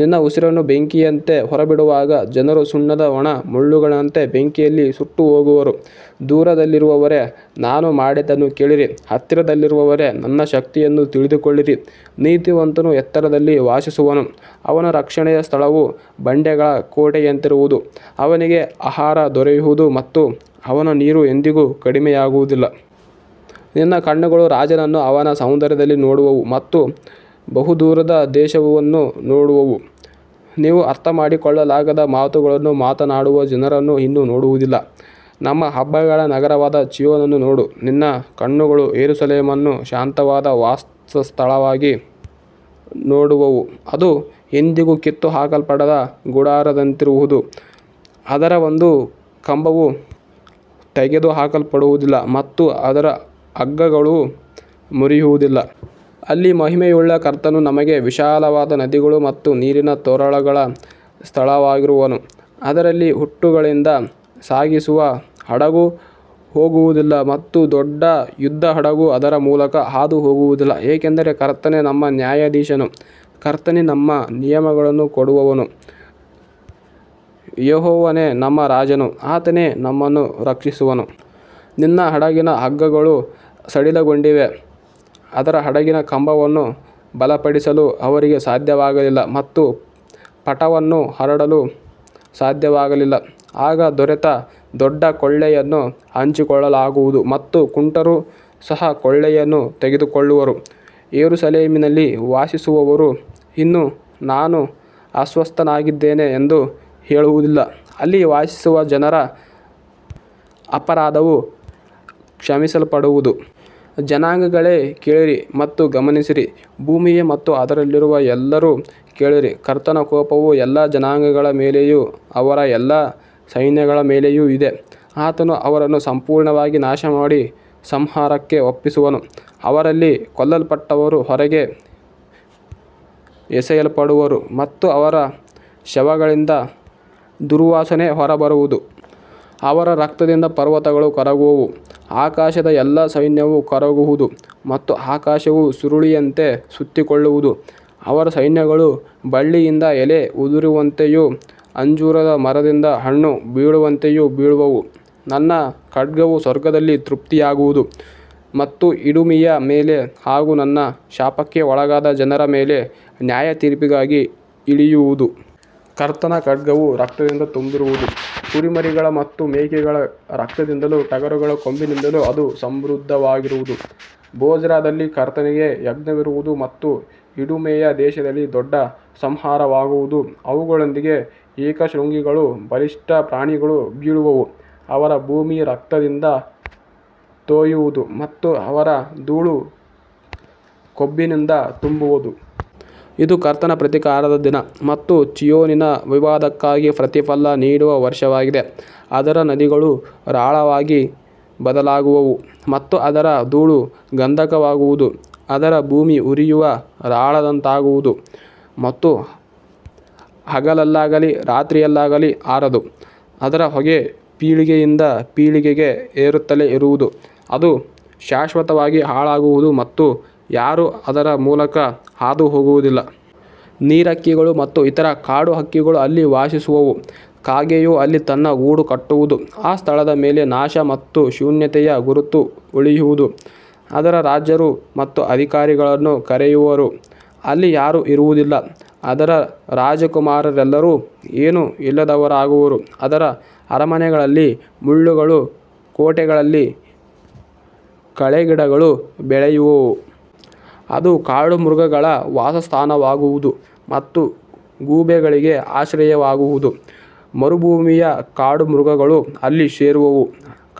ನಿನ್ನ ಉಸಿರನ್ನು ಬೆಂಕಿಯಂತೆ ಹೊರಬಿಡುವಾಗ ಜನರು ಸುಣ್ಣದ ಒಣ ಮುಳ್ಳುಗಳಂತೆ ಬೆಂಕಿಯಲ್ಲಿ ಸುಟ್ಟುಹೋಗುವರು. ದೂರದಲ್ಲಿರುವವರೇ, ನಾನು ಮಾಡಿದ್ದನ್ನು ಕೇಳಿರಿ. ಹತ್ತಿರದಲ್ಲಿರುವವರೇ, ನನ್ನ ಶಕ್ತಿಯನ್ನು ತಿಳಿದುಕೊಳ್ಳಿರಿ. ನೀತಿವಂತನು ಎತ್ತರದಲ್ಲಿ ವಾಸಿಸುವನು. ಅವನ ರಕ್ಷಣೆಯ ಸ್ಥಳವು ಬಂಡೆಗಳ ಕೋಟೆಯಂತಿರುವುದು. ಅವನಿಗೆ ಆಹಾರ ದೊರೆಯುವುದು ಮತ್ತು ಅವನ ನೀರು ಎಂದಿಗೂ ಕಡಿಮೆಯಾಗುವುದಿಲ್ಲ. ನಿನ್ನ ಕಣ್ಣುಗಳು ರಾಜನನ್ನು ಅವನ ಸೌಂದರ್ಯದಲ್ಲಿ ನೋಡುವವು ಮತ್ತು ಬಹುದೂರದ ದೇಶವನ್ನು ನೋಡುವವು. ನೀನು ಅರ್ಥಮಾಡಿಕೊಳ್ಳಲಾಗದ ಮಾತುಗಳನ್ನು ಮಾತನಾಡುವ ಜನರನ್ನು ಇನ್ನು ನೋಡುವುದಿಲ್ಲ. ನಮ್ಮ ಹಬ್ಬಗಳ ನಗರವಾದ ಚೀಯೋನನ್ನು ನೋಡು. ನಿನ್ನ ಕಣ್ಣುಗಳು ಯೆರೂಸಲೇಮನ್ನು ಶಾಂತವಾದ ವಾಸಸ್ಥಳವಾಗಿ ನೋಡುವವು. ಅದು ಎಂದಿಗೂ ಕಿತ್ತುಹಾಕಲ್ಪಡದ ಗುಡಾರದಂತಿರುವುದು. ಅದರ ಒಂದು ಕಂಬವೂ ತೆಗೆದುಹಾಕಲ್ಪಡುವುದಿಲ್ಲ ಮತ್ತು ಅದರ ಹಗ್ಗಗಳೂ ಮುರಿಯುವುದಿಲ್ಲ. ಅಲ್ಲಿ ಮಹಿಮೆಯುಳ್ಳ ಕರ್ತನು ನಮಗೆ ವಿಶಾಲವಾದ ನದಿಗಳು ಮತ್ತು ನೀರಿನ ತೊರೆಗಳ ಸ್ಥಳವಾಗಿರುವನು. ಅದರಲ್ಲಿ ಹುಟ್ಟುಗಳಿಂದ ಸಾಗಿಸುವ ಹಡಗು ಹೋಗುವುದಿಲ್ಲ ಮತ್ತು ದೊಡ್ಡ ಯುದ್ಧಹಡಗು ಅದರ ಮೂಲಕ ಹಾದುಹೋಗುವುದಿಲ್ಲ. ಏಕೆಂದರೆ ಕರ್ತನೇ ನಮ್ಮ ನ್ಯಾಯಾಧೀಶನು. ಕರ್ತನೇ ನಮ್ಮ ನಿಯಮಗಳನ್ನು ಕೊಡುವವನು. ಯೆಹೋವನೇ ನಮ್ಮ ರಾಜನು. ಆತನೇ ನಮ್ಮನ್ನು ರಕ್ಷಿಸುವನು. ನಿನ್ನ ಹಡಗಿನ ಹಗ್ಗಗಳು ಸಡಿಲಗೊಂಡಿವೆ. ಅದರ ಹಡಗಿನ ಕಂಬವನ್ನು ಬಲಪಡಿಸಲು ಅವರಿಗೆ ಸಾಧ್ಯವಾಗಲಿಲ್ಲ ಮತ್ತು ಪಟವನ್ನು ಹರಡಲು ಸಾಧ್ಯವಾಗಲಿಲ್ಲ. ಆಗ ದೊರೆತ ದೊಡ್ಡ ಕೊಳ್ಳೆಯನ್ನು ಹಂಚಿಕೊಳ್ಳಲಾಗುವುದು ಮತ್ತು ಕುಂಟರೂ ಸಹ ಕೊಳ್ಳೆಯನ್ನು ತೆಗೆದುಕೊಳ್ಳುವರು. ಯೆರೂಸಲೇಮಿನಲ್ಲಿ ವಾಸಿಸುವವರು ಇನ್ನು ನಾನು ಅಸ್ವಸ್ಥನಾಗಿದ್ದೇನೆ ಎಂದು ಹೇಳುವುದಿಲ್ಲ. ಅಲ್ಲಿ ವಾಸಿಸುವ ಜನರ ಅಪರಾಧವು ಕ್ಷಮಿಸಲ್ಪಡುವುದು. ಜನಾಂಗಗಳೇ, ಕೇಳಿರಿ ಮತ್ತು ಗಮನಿಸಿರಿ. ಭೂಮಿಯೇ ಮತ್ತು ಅದರಲ್ಲಿರುವ ಎಲ್ಲರೂ ಕೇಳಿರಿ. ಕರ್ತನ ಕೋಪವು ಎಲ್ಲಾ ಜನಾಂಗಗಳ ಮೇಲೆಯೂ ಅವರ ಎಲ್ಲಾ ಸೈನ್ಯಗಳ ಮೇಲೆಯೂ ಇದೆ. ಆತನು ಅವರನ್ನು ಸಂಪೂರ್ಣವಾಗಿ ನಾಶಮಾಡಿ ಸಂಹಾರಕ್ಕೆ ಒಪ್ಪಿಸುವನು. ಅವರಲ್ಲಿ ಕೊಲ್ಲಲ್ಪಟ್ಟವರು ಹೊರಗೆ ಎಸೆಯಲ್ಪಡುವರು ಮತ್ತು ಅವರ ಶವಗಳಿಂದ ದುರ್ವಾಸನೆ ಹೊರಬರುವುದು. ಅವರ ರಕ್ತದಿಂದ ಪರ್ವತಗಳು ಕರಗುವವು. ಆಕಾಶದ ಎಲ್ಲಾ ಸೈನ್ಯವು ಕರಗುವುದು ಮತ್ತು ಆಕಾಶವು ಸುರುಳಿಯಂತೆ ಸುತ್ತಿಕೊಳ್ಳುವುದು. ಅವರ ಸೈನ್ಯಗಳು ಬಳ್ಳಿಯಿಂದ ಎಲೆ ಉದುರುವಂತೆಯೂ ಅಂಜೂರದ ಮರದಿಂದ ಹಣ್ಣು ಬೀಳುವಂತೆಯೂ ಬೀಳುವವು. ನನ್ನ ಖಡ್ಗವು ಸ್ವರ್ಗದಲ್ಲಿ ತೃಪ್ತಿಯಾಗುವುದು ಮತ್ತು ಇಡುಮಿಯ ಮೇಲೆ ಹಾಗೂ ನನ್ನ ಶಾಪಕ್ಕೆ ಒಳಗಾದ ಜನರ ಮೇಲೆ ನ್ಯಾಯತೀರ್ಪಿಗಾಗಿ ಇಳಿಯುವುದು. ಕರ್ತನ ಖಡ್ಗವು ರಕ್ತದಿಂದ ತುಂಬಿರುವುದು. ಕುರಿಮರಿಗಳ ಮತ್ತು ಮೇಕೆಗಳ ರಕ್ತದಿಂದಲೂ ಟಗರುಗಳ ಕೊಬ್ಬಿನಿಂದಲೂ ಅದು ಸಮೃದ್ಧವಾಗಿರುವುದು. ಬೊಜ್ರಾದಲ್ಲಿ ಕರ್ತನಿಗೆ ಯಜ್ಞವಿರುವುದು ಮತ್ತು ಇಡುಮೆಯ ದೇಶದಲ್ಲಿ ದೊಡ್ಡ ಸಂಹಾರವಾಗುವುದು. ಅವುಗಳೊಂದಿಗೆ ಏಕಶೃಂಗಿಗಳೂ ಬಲಿಷ್ಠ ಪ್ರಾಣಿಗಳೂ ಬೀಳುವವು. ಅವರ ಭೂಮಿ ರಕ್ತದಿಂದ ತೋಯುವುದು ಮತ್ತು ಅವರ ಧೂಳು ಕೊಬ್ಬಿನಿಂದ ತುಂಬುವುದು. ಇದು ಕರ್ತನ ಪ್ರತೀಕಾರದ ದಿನ ಮತ್ತು ಚೀಯೋನಿನ ವಿವಾದಕ್ಕಾಗಿ ಪ್ರತಿಫಲ ನೀಡುವ ವರ್ಷವಾಗಿದೆ. ಅದರ ನದಿಗಳು ರಾಳವಾಗಿ ಬದಲಾಗುವವು ಮತ್ತು ಅದರ ಧೂಳು ಗಂಧಕವಾಗುವುದು. ಅದರ ಭೂಮಿ ಉರಿಯುವ ರಾಳದಂತಾಗುವುದು. ಅದು ಹಗಲಲ್ಲಾಗಲಿ ರಾತ್ರಿಯಲ್ಲಾಗಲಿ ಆರದು. ಅದರ ಹೊಗೆ ಪೀಳಿಗೆಯಿಂದ ಪೀಳಿಗೆಗೆ ಏರುತ್ತಲೇ ಇರುವುದು. ಅದು ಶಾಶ್ವತವಾಗಿ ಹಾಳಾಗುವುದು ಮತ್ತು ಯಾರೂ ಅದರ ಮೂಲಕ ಹಾದುಹೋಗುವುದಿಲ್ಲ. ನೀರಹಕ್ಕಿಗಳು ಮತ್ತು ಇತರ ಕಾಡುಹಕ್ಕಿಗಳು ಅಲ್ಲಿ ವಾಸಿಸುವವು. ಕಾಗೆಯು ಅಲ್ಲಿ ತನ್ನ ಗೂಡು ಕಟ್ಟುವುದು. ಆ ಸ್ಥಳದ ಮೇಲೆ ನಾಶ ಮತ್ತು ಶೂನ್ಯತೆಯ ಗುರುತು ಉಳಿಯುವುದು. ಅದರ ರಾಜರು ಮತ್ತು ಅಧಿಕಾರಿಗಳನ್ನು ಕರೆಯುವರೂ ಅಲ್ಲಿ ಯಾರೂ ಇರುವುದಿಲ್ಲ. ಅದರ ರಾಜಕುಮಾರರೆಲ್ಲರೂ ಏನೂ ಇಲ್ಲದವರಾಗುವರು. ಅದರ ಅರಮನೆಗಳಲ್ಲಿ ಮುಳ್ಳುಗಳೂ ಕೋಟೆಗಳಲ್ಲಿ ಕಳೆಗಿಡಗಳೂ ಬೆಳೆಯುವವು. ಅದು ಕಾಡುಮೃಗಗಳ ವಾಸಸ್ಥಾನವಾಗುವುದು ಮತ್ತು ಗೂಬೆಗಳಿಗೆ ಆಶ್ರಯವಾಗುವುದು. ಮರುಭೂಮಿಯ ಕಾಡುಮೃಗಗಳು ಅಲ್ಲಿ ಸೇರುವವು.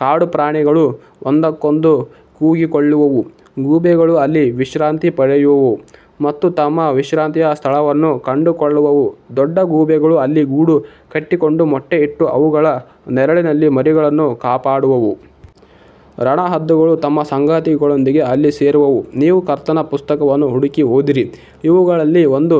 ಕಾಡುಪ್ರಾಣಿಗಳು ಒಂದಕ್ಕೊಂದು ಕೂಗಿಕೊಳ್ಳುವವು. ಗೂಬೆಗಳು ಅಲ್ಲಿ ವಿಶ್ರಾಂತಿ ಪಡೆಯುವವು ಮತ್ತು ತಮ್ಮ ವಿಶ್ರಾಂತಿಯ ಸ್ಥಳವನ್ನು ಕಂಡುಕೊಳ್ಳುವವು. ದೊಡ್ಡ ಗೂಬೆಗಳು ಅಲ್ಲಿ ಗೂಡು ಕಟ್ಟಿಕೊಂಡು ಮೊಟ್ಟೆ ಇಟ್ಟು ಅವುಗಳ ನೆರಳಿನಲ್ಲಿ ಮರಿಗಳನ್ನು ಕಾಪಾಡುವವು. ರಣಹದ್ದುಗಳು ತಮ್ಮ ಸಂಗಾತಿಗಳೊಂದಿಗೆ ಅಲ್ಲಿ ಸೇರುವವು. ನೀವು ಕರ್ತನ ಪುಸ್ತಕವನ್ನು ಹುಡುಕಿ ಓದಿರಿ. ಇವುಗಳಲ್ಲಿ ಒಂದೂ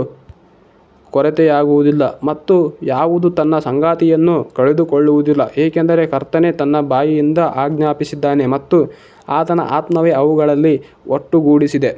ಕೊರತೆಯಾಗುವುದಿಲ್ಲ ಮತ್ತು ಯಾವುದೂ ತನ್ನ ಸಂಗಾತಿಯನ್ನು ಕಳೆದುಕೊಳ್ಳುವುದಿಲ್ಲ. ಏಕೆಂದರೆ ಕರ್ತನೇ ತನ್ನ ಬಾಯಿಂದ ಆಜ್ಞಾಪಿಸಿದ್ದಾನೆ ಮತ್ತು ಆತನ ಆತ್ಮವೇ ಅವುಗಳನ್ನು ಒಟ್ಟುಗೂಡಿಸಿದೆ.